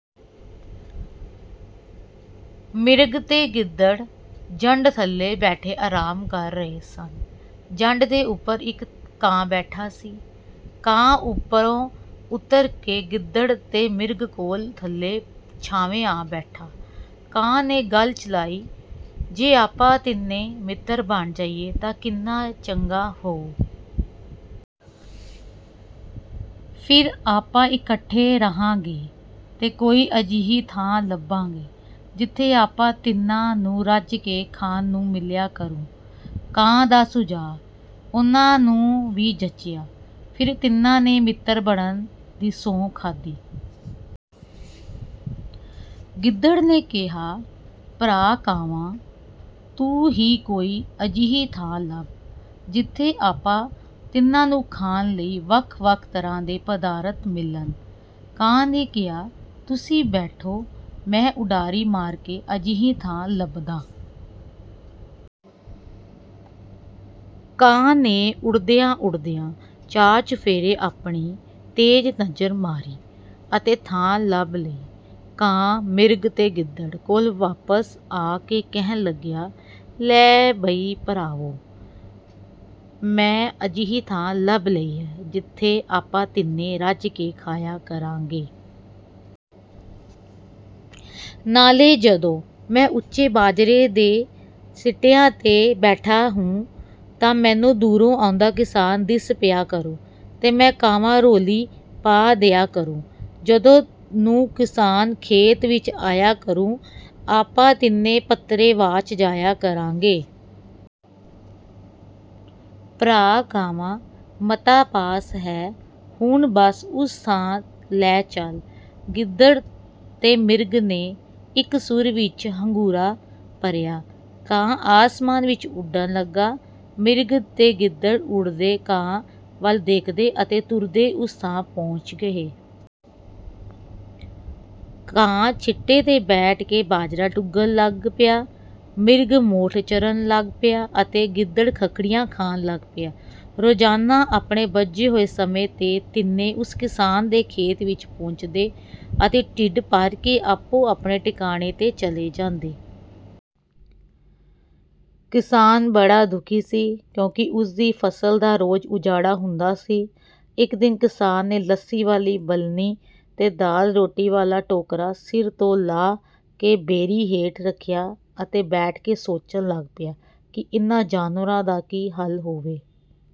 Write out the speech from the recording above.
ਮਿਰਗ ਤੇ ਗਿੱਦੜ ਜੰਡ ਥੱਲੇ ਬੈਠੇ ਆਰਾਮ ਕਰ ਰਹੇ ਸਨ। ਜੰਡ ਦੇ ਉੱਪਰ ਇੱਕ ਕਾਂ ਬੈਠਾ ਸੀ। ਕਾਂ ਉੱਪਰੋਂ ਉੱਤਰ ਕੇ ਗਿੱਦੜ ਤੇ ਮਿਰਗ ਕੋਲ ਥੱਲੇ ਛਾਵੇਂ ਆ ਬੈਠਾ। ਕਾਂ ਨੇ ਗੱਲ ਚਲਾਈ, ''ਜੇ ਆਪਾਂ ਤਿੰਨੇ ਮਿੱਤਰ ਬਣ ਜਾਈਏ ਤਾਂ ਕਿੰਨਾ ਚੰਗਾ ਹੋਊ। ਫਿਰ ਆਪਾਂ ਇਕੱਠੇ ਰਹਾਂਗੇ ਤੇ ਕੋਈ ਅਜਿਹੀ ਥਾਂ ਲੱਭਾਂਗੇ, ਜਿੱਥੇ ਆਪਾਂ ਤਿੰਨਾਂ ਨੂੰ ਰੱਜ ਕੇ ਖਾਣ ਨੂੰ ਮਿਲਿਆ ਕਰੂ।'' ਕਾਂ ਦਾ ਸੁਝਾਅ ਉਨ੍ਹਾਂ ਨੂੰ ਵੀ ਜਚਿਆ। ਫਿਰ ਤਿੰਨਾਂ ਨੇ ਮਿੱਤਰ ਬਣਨ ਦੀ ਸਹੁੰ ਖਾਧੀ। ਗਿੱਦੜ ਨੇ ਕਿਹਾ, ''ਭਰਾ ਕਾਵਾਂ, ਤੂੰ ਹੀ ਕੋਈ ਅਜਿਹੀ ਥਾਂ ਲੱਭ, ਜਿੱਥੇ ਆਪਾਂ ਤਿੰਨਾਂ ਨੂੰ ਖਾਣ ਲਈ ਵੱਖ-ਵੱਖ ਤਰ੍ਹਾਂ ਦੇ ਪਦਾਰਥ ਮਿਲਣ।'' ਕਾਂ ਨੇ ਕਿਹਾ, ''ਤੁਸੀਂ ਬੈਠੋ, ਮੈਂ ਉਡਾਰੀ ਮਾਰ ਕੇ ਅਜਿਹੀ ਥਾਂ ਲੱਭਦਾਂ।'' ਕਾਂ ਨੇ ਉੱਡਦਿਆਂ-ਉੱਡਦਿਆਂ ਚਾਰ-ਚੁਫੇਰੇ ਆਪਣੀ ਤੇਜ਼ ਨਜ਼ਰ ਮਾਰੀ ਅਤੇ ਥਾਂ ਲੱਭ ਲਈ। ਕਾਂ, ਮਿਰਗ ਤੇ ਗਿੱਦੜ ਕੋਲ ਵਾਪਸ ਆ ਕੇ ਕਹਿਣ ਲੱਗਿਆ, ''ਲੈ ਬਈ ਭਰਾਵੋਂ! ਮੈਂ ਅਜਿਹੀ ਥਾਂ ਲੱਭ ਲਈ ਹੈ, ਜਿੱਥੇ ਆਪਾਂ ਤਿੰਨੇ ਰੱਜ ਕੇ ਖਾਇਆ ਕਰਾਂਗੇ। ਨਾਲੇ ਜਦੋਂ ਮੈਂ ਉੱਚੇ ਬਾਜਰੇ ਦੇ ਛਿੱਟਿਆਂ 'ਤੇ ਬੈਠਾ ਹੋਊਂ ਤਾਂ ਮੈਨੂੰ ਦੂਰੋਂ ਆਉਂਦਾ ਕਿਸਾਨ ਦਿਸ ਪਿਆ ਕਰੂ ਤੇ ਮੈਂ ਕਾਵਾਂ-ਰੌਲੀ ਪਾ ਦਿਆਂ ਕਰੂੰ। ਜਦੋਂ ਨੂੰ ਕਿਸਾਨ ਖੇਤ ਵਿੱਚ ਆਇਆ ਕਰੂ, ਆਪਾਂ ਤਿੰਨੇ ਪੱਤਰੇ ਵਾਚ ਜਾਇਆ ਕਰਾਂਗੇ।" ''ਭਰਾ ਕਾਵਾਂ, ਮਤਾ ਪਾਸ ਹੈ, ਹੁਣ ਬਸ ਉਸ ਥਾਂ ਲੈ ਚੱਲ।'' ਗਿੱਦੜ ਤੇ ਮਿਰਗ ਨੇ ਇੱਕ ਸੁਰ ਵਿੱਚ ਹੁੰਗਾਰਾ ਭਰਿਆ। ਕਾਂ ਅਸਮਾਨ ਵਿੱਚ ਉੱਡਣ ਲੱਗਾ। ਮਿਰਗ ਤੇ ਗਿੱਦੜ ਉੱਡਦੇ ਕਾਂ ਵੱਲ ਦੇਖਦੇ ਅਤੇ ਤੁਰਦੇ ਉਸ ਥਾਂ ਪਹੁੰਚ ਗਏ। ਕਾਂ ਛਿੱਟੇ 'ਤੇ ਬੈਠ ਕੇ ਬਾਜਰਾ ਠੁੰਗਣ ਲੱਗ ਪਿਆ, ਮਿਰਗ ਮੋਠ ਚਰਨ ਲੱਗ ਪਿਆ ਅਤੇ ਗਿੱਦੜ ਖੱਖੜੀਆਂ ਖਾਣ ਲੱਗ ਪਿਆ। ਰੋਜ਼ਾਨਾ ਆਪਣੇ ਬੱਝੇ ਹੋਏ ਸਮੇਂ 'ਤੇ ਤਿੰਨੇ ਉਸ ਕਿਸਾਨ ਦੇ ਖੇਤ ਵਿੱਚ ਪਹੁੰਚਦੇ ਅਤੇ ਢਿੱਡ ਭਰ ਕੇ ਆਪੋ-ਆਪਣੇ ਟਿਕਾਣੇ 'ਤੇ ਚਲੇ ਜਾਂਦੇ। ਕਿਸਾਨ ਬੜਾ ਦੁਖੀ ਸੀ, ਕਿਉਂਕਿ ਉਸ ਦੀ ਫ਼ਸਲ ਦਾ ਰੋਜ਼ ਉਜਾੜਾ ਹੁੰਦਾ ਸੀ। ਇੱਕ ਦਿਨ ਕਿਸਾਨ ਨੇ ਲੱਸੀ ਵਾਲੀ ਬਲਣੀ ਤੇ ਦਾਲ-ਰੋਟੀ ਵਾਲਾ ਟੋਕਰਾ ਸਿਰ ਤੋਂ ਲਾਹ ਕੇ ਬੇਰੀ ਹੇਠ ਰੱਖਿਆ ਅਤੇ ਬੈਠ ਕੇ ਸੋਚਣ ਲੱਗ ਪਿਆ ਕਿ ਇਨ੍ਹਾਂ ਜਾਨਵਰਾਂ ਦਾ ਕੀ ਹੱਲ ਹੋਵੇ?